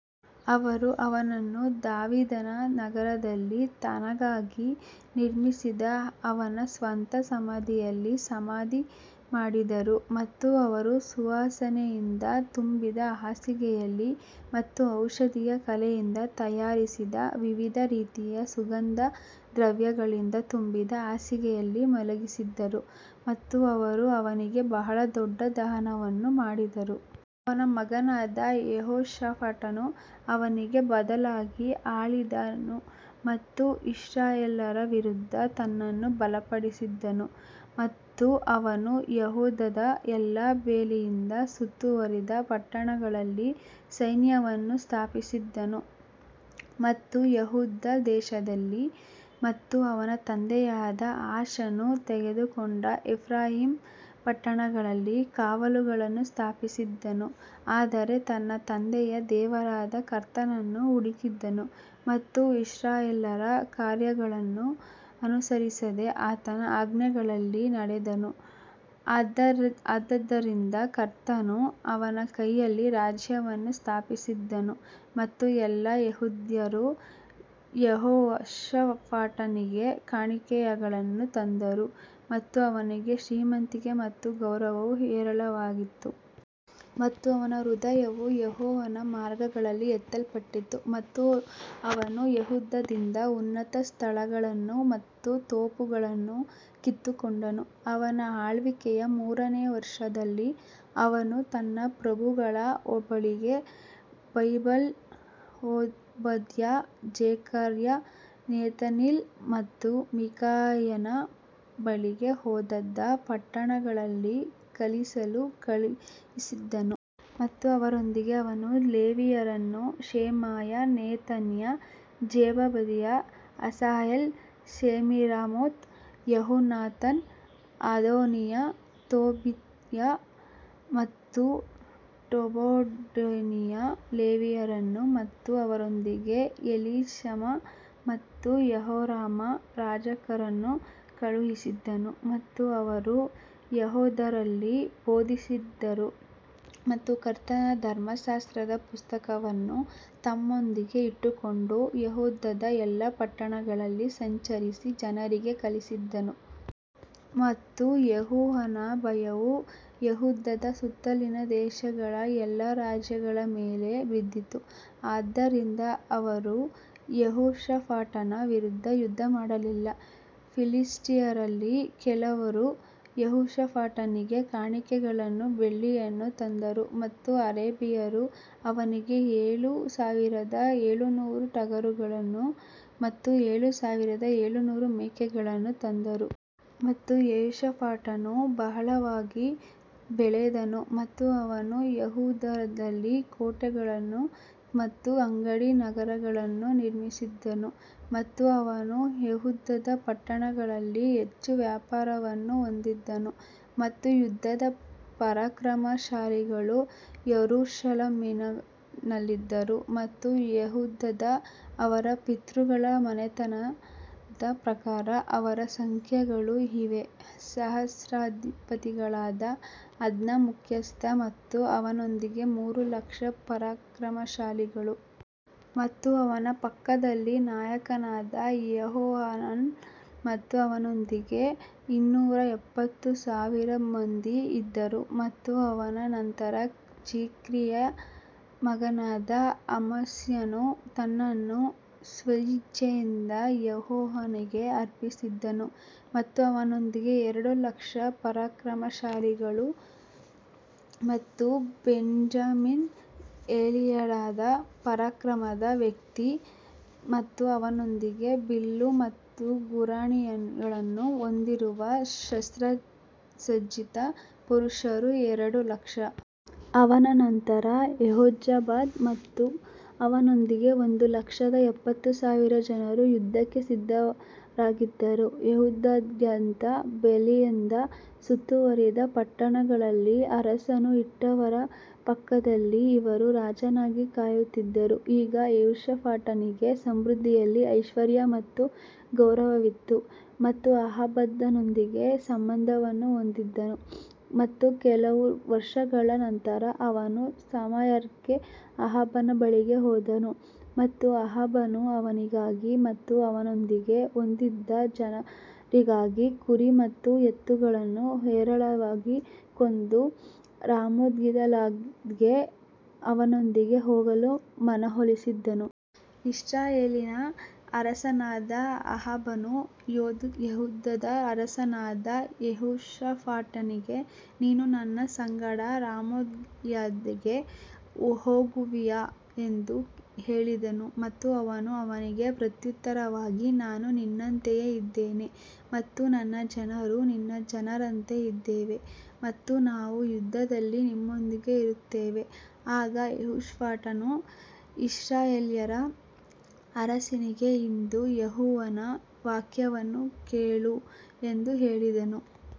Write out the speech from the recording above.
ಅವರು ಅವನನ್ನು ದಾವೀದನ ನಗರದಲ್ಲಿ ತನಗಾಗಿ ನಿರ್ಮಿಸಿದ ಅವನ ಸ್ವಂತ ಸಮಾಧಿಯಲ್ಲಿ ಸಮಾಧಿ ಮಾಡಿದರು ಮತ್ತು ಅವರು ಸುವಾಸನೆಯಿಂದ ತುಂಬಿದ ಹಾಸಿಗೆಯಲ್ಲಿ ಮತ್ತು ಔಷಧೀಯ ಕಲೆಯಿಂದ ತಯಾರಿಸಿದ ವಿವಿಧ ರೀತಿಯ ಸುಗಂಧ ದ್ರವ್ಯಗಳಿಂದ ತುಂಬಿದ ಹಾಸಿಗೆಯಲ್ಲಿ ಮಲಗಿಸಿದರು ಮತ್ತು ಅವರು ಅವನಿಗೆ ಬಹಳ ದೊಡ್ಡ ದಹನವನ್ನು ಮಾಡಿದರು. ಅವನ ಮಗನಾದ ಯೆಹೋಷಾಫಾಟನು ಅವನಿಗೆ ಬದಲಾಗಿ ಆಳಿದನು ಮತ್ತು ಇಸ್ರಾಯೇಲ್ಯರ ವಿರುದ್ಧ ತನ್ನನ್ನು ಬಲಪಡಿಸಿದನು ಮತ್ತು ಅವನು ಯೆಹೂದದ ಎಲ್ಲಾ ಬೇಲಿಯಿಂದ ಸುತ್ತುವರಿದ ಪಟ್ಟಣಗಳಲ್ಲಿ ಸೈನ್ಯವನ್ನು ಸ್ಥಾಪಿಸಿದನು ಮತ್ತು ಯೆಹೂದ ದೇಶದಲ್ಲಿ ಮತ್ತು ಅವನ ತಂದೆಯಾದ ಆಸನು ತೆಗೆದುಕೊಂಡ ಎಫ್ರಾಯೀಮ್ ಪಟ್ಟಣಗಳಲ್ಲಿ ಕಾವಲುಗಳನ್ನು ಸ್ಥಾಪಿಸಿದನು. ಆದರೆ ತನ್ನ ತಂದೆಯ ದೇವರಾದ ಕರ್ತನನ್ನು ಹುಡುಕಿದನು ಮತ್ತು ಇಸ್ರಾಯೇಲ್ಯರ ಕಾರ್ಯಗಳನ್ನು ಅನುಸರಿಸದೆ ಆತನ ಆಜ್ಞೆಗಳಲ್ಲಿ ನಡೆದನು ಆದದರಿಂದ ಕರ್ತನು ಅವನ ಕೈಯಲ್ಲಿ ರಾಜ್ಯವನ್ನು ಸ್ಥಾಪಿಸಿದನು ಮತ್ತು ಎಲ್ಲಾ ಯೆಹೂದ್ಯರು ಯೆಹೋಷಾಫಾಟನಿಗೆ ಕಾಣಿಕೆಗಳನ್ನು ತಂದರು ಮತ್ತು ಅವನಿಗೆ ಶ್ರೀಮಂತಿಕೆ ಮತ್ತು ಗೌರವವು ಹೇರಳವಾಗಿತ್ತು. ಮತ್ತು ಅವನ ಹೃದಯವು ಯೆಹೋವನ ಮಾರ್ಗಗಳಲ್ಲಿ ಎತ್ತಲ್ಪಟ್ಟಿತು ಮತ್ತು ಅವನು ಯೆಹೂದದಿಂದ ಉನ್ನತ ಸ್ಥಳಗಳನ್ನು ಮತ್ತು ತೋಪುಗಳನ್ನು ಕಿತ್ತುಕೊಂಡನು. ಅವನ ಆಳ್ವಿಕೆಯ ಮೂರನೆಯ ವರ್ಷದಲ್ಲಿ ಅವನು ತನ್ನ ಪ್ರಭುಗಳ ಬಳಿಗೆ ಬೆನ್ಹೈಲ್, ಓಬದ್ಯ, ಜೆಕರ್ಯ, ನೆತನೀಲ್ ಮತ್ತು ಮಿಕಾಯನ ಬಳಿಗೆ ಯೆಹೂದದ ಪಟ್ಟಣಗಳಲ್ಲಿ ಕಲಿಸಲು ಕಳುಹಿಸಿದನು. ಮತ್ತು ಅವರೊಂದಿಗೆ ಅವನು ಲೇವಿಯರನ್ನು ಶೆಮಾಯ, ನೆತನ್ಯ, ಜೆಬದೀಯ, ಅಸಾಹೇಲ್, ಶೆಮಿರಾಮೋತ್, ಯೆಹೋನಾಥನ್, ಅದೋನೀಯ, ತೋಬೀಯ ಮತ್ತು ಟೊಬಡೋನಿಯ ಲೇವಿಯರನ್ನು ಮತ್ತು ಅವರೊಂದಿಗೆ ಎಲಿಷಾಮ ಮತ್ತು ಯೆಹೋರಾಮ ಯಾಜಕರನ್ನು ಕಳುಹಿಸಿದನು. ಮತ್ತು ಅವರು ಯೆಹೂದದಲ್ಲಿ ಬೋಧಿಸಿದರು ಮತ್ತು ಕರ್ತನ ಧರ್ಮಶಾಸ್ತ್ರದ ಪುಸ್ತಕವನ್ನು ತಮ್ಮೊಂದಿಗೆ ಇಟ್ಟುಕೊಂಡು ಯೆಹೂದದ ಎಲ್ಲಾ ಪಟ್ಟಣಗಳಲ್ಲಿ ಸಂಚರಿಸಿ ಜನರಿಗೆ ಕಲಿಸಿದರು. ಮತ್ತು ಯೆಹೋವನ ಭಯವು ಯೆಹೂದದ ಸುತ್ತಲಿನ ದೇಶಗಳ ಎಲ್ಲಾ ರಾಜ್ಯಗಳ ಮೇಲೆ ಬಿದ್ದಿತು, ಆದ್ದರಿಂದ ಅವರು ಯೆಹೋಷಾಫಾಟನ ವಿರುದ್ಧ ಯುದ್ಧಮಾಡಲಿಲ್ಲ. ಫಿಲಿಷ್ಟಿಯರಲ್ಲಿ ಕೆಲವರು ಯೆಹೋಷಾಫಾಟನಿಗೆ ಕಾಣಿಕೆಗಳನ್ನು ಬೆಳ್ಳಿಯನ್ನು ತಂದರು ಮತ್ತು ಅರೇಬಿಯರು ಅವನಿಗೆ ಏಳು ಸಾವಿರದ ಏಳುನೂರು ಟಗರುಗಳನ್ನು ಮತ್ತು ಏಳು ಸಾವಿರದ ಏಳುನೂರು ಮೇಕೆಗಳನ್ನು ತಂದರು. ಮತ್ತು ಯೆಹೋಷಾಫಾಟನು ಬಹಳವಾಗಿ ಬೆಳೆದನು ಮತ್ತು ಅವನು ಯೆಹೂದದಲ್ಲಿ ಕೋಟೆಗಳನ್ನು ಮತ್ತು ಅಂಗಡಿ ನಗರಗಳನ್ನು ನಿರ್ಮಿಸಿದನು. ಮತ್ತು ಅವನು ಯೆಹೂದದ ಪಟ್ಟಣಗಳಲ್ಲಿ ಹೆಚ್ಚು ವ್ಯಾಪಾರವನ್ನು ಹೊಂದಿದ್ದನು ಮತ್ತು ಯುದ್ಧದ ಪರಾಕ್ರಮಶಾಲಿಗಳು ಯೆರೂಸಲೇಮಿನಲ್ಲಿದ್ದರು. ಮತ್ತು ಯೆಹೂದದ ಅವರ ಪಿತೃಗಳ ಮನೆತನದ ಪ್ರಕಾರ ಅವರ ಸಂಖ್ಯೆಗಳು ಇವೇ, ಸಹಸ್ರಾಧಿಪತಿಗಳಾದ ಅದ್ನಾ ಮುಖ್ಯಸ್ಥ ಮತ್ತು ಅವನೊಂದಿಗೆ ಮೂರು ಲಕ್ಷ ಪರಾಕ್ರಮಶಾಲಿಗಳು. ಮತ್ತು ಅವನ ಪಕ್ಕದಲ್ಲಿ ನಾಯಕನಾದ ಯೆಹೋಹಾನಾನ್ ಮತ್ತು ಅವನೊಂದಿಗೆ ಇನ್ನೂರ ಎಪ್ಪತ್ತು ಸಾವಿರ ಮಂದಿ ಇದ್ದರು ಮತ್ತು ಅವನ ನಂತರ ಜಿಕ್ರಿಯ ಮಗನಾದ ಅಮಸ್ಯನು ತನ್ನನ್ನು ಸ್ವಇಚ್ಛೆಯಿಂದ ಯೆಹೋವನಿಗೆ ಅರ್ಪಿಸಿದನು ಮತ್ತು ಅವನೊಂದಿಗೆ ಎರಡು ಲಕ್ಷ ಪರಾಕ್ರಮಶಾಲಿಗಳು ಮತ್ತು ಬೆಂಜಮಿನ್ ಎಲಿಯಾಡಾದ ಪರಾಕ್ರಮದ ವ್ಯಕ್ತಿ ಮತ್ತು ಅವನೊಂದಿಗೆ ಬಿಲ್ಲು ಮತ್ತು ಗುರಾಣಿಗಳನ್ನು ಹೊಂದಿರುವ ಶಸ್ತ್ರಸಜ್ಜಿತ ಪುರುಷರು ಎರಡು ಲಕ್ಷ. ಅವನ ನಂತರ ಯೆಹೋಜಾಬಾದ್ ಮತ್ತು ಅವನೊಂದಿಗೆ ಒಂದು ಲಕ್ಷದ ಎಪ್ಪತ್ತು ಸಾವಿರ ಜನರು ಯುದ್ಧಕ್ಕೆ ಸಿದ್ಧರಾಗಿದ್ದರು ಯೆಹೂದದಾದ್ಯಂತ ಬೇಲಿಯಿಂದ ಸುತ್ತುವರಿದ ಪಟ್ಟಣಗಳಲ್ಲಿ ಅರಸನು ಇಟ್ಟವರ ಪಕ್ಕದಲ್ಲಿ ಇವರು ರಾಜನಿಗಾಗಿ ಕಾಯುತ್ತಿದ್ದರು ಈಗ ಯೆಹೋಷಾಫಾಟನಿಗೆ ಸಮೃದ್ಧಿಯಲ್ಲಿ ಐಶ್ವರ್ಯ ಮತ್ತು ಗೌರವವಿತ್ತು ಮತ್ತು ಅಹಾಬನೊಂದಿಗೆ ಸಂಬಂಧವನ್ನು ಹೊಂದಿದ್ದನು ಮತ್ತು ಕೆಲವು ವರ್ಷಗಳ ನಂತರ ಅವನು ಸಮಾರ್ಯಕ್ಕೆ ಅಹಾಬನ ಬಳಿಗೆ ಹೋದನು ಮತ್ತು ಅಹಾಬನು ಅವನಿಗಾಗಿ ಮತ್ತು ಅವನೊಂದಿಗೆ ಹೊಂದಿದ್ದ ಜನರಿಗಾಗಿ ಕುರಿ ಮತ್ತು ಎತ್ತುಗಳನ್ನು ಹೇರಳವಾಗಿ ಕೊಂದು ರಾಮೋತ್ಗಿಲ್ಯಾದ್ಗೆ ಅವನೊಂದಿಗೆ ಹೋಗಲು ಮನವೊಲಿಸಿದನು. ಇಸ್ರಾಯೇಲಿನ ಅರಸನಾದ ಅಹಾಬನು ಯೆಹೂದದ ಅರಸನಾದ ಯೆಹೋಷಾಫಾಟನಿಗೆ ನೀನು ನನ್ನ ಸಂಗಡ ರಾಮೋತ್ಗಿಲ್ಯಾದ್ಗೆ ಹೋಗುವಿಯಾ ಎಂದು ಹೇಳಿದನು ಮತ್ತು ಅವನು ಅವನಿಗೆ ಪ್ರತ್ಯುತ್ತರವಾಗಿ ನಾನು ನಿನ್ನಂತೆಯೇ ಇದ್ದೇನೆ ಮತ್ತು ನನ್ನ ಜನರು ನಿನ್ನ ಜನರಂತೆ ಇದ್ದೇವೆ ಮತ್ತು ನಾವು ಯುದ್ಧದಲ್ಲಿ ನಿಮ್ಮೊಂದಿಗೆ ಇರುತ್ತೇವೆ. ಆಗ ಯೆಹೋಷಾಫಾಟನು ಇಸ್ರಾಯೇಲ್ಯರ ಅರಸನಿಗೆ ಇಂದು ಯೆಹೋವನ ವಾಕ್ಯವನ್ನು ಕೇಳು ಎಂದು ಹೇಳಿದನು.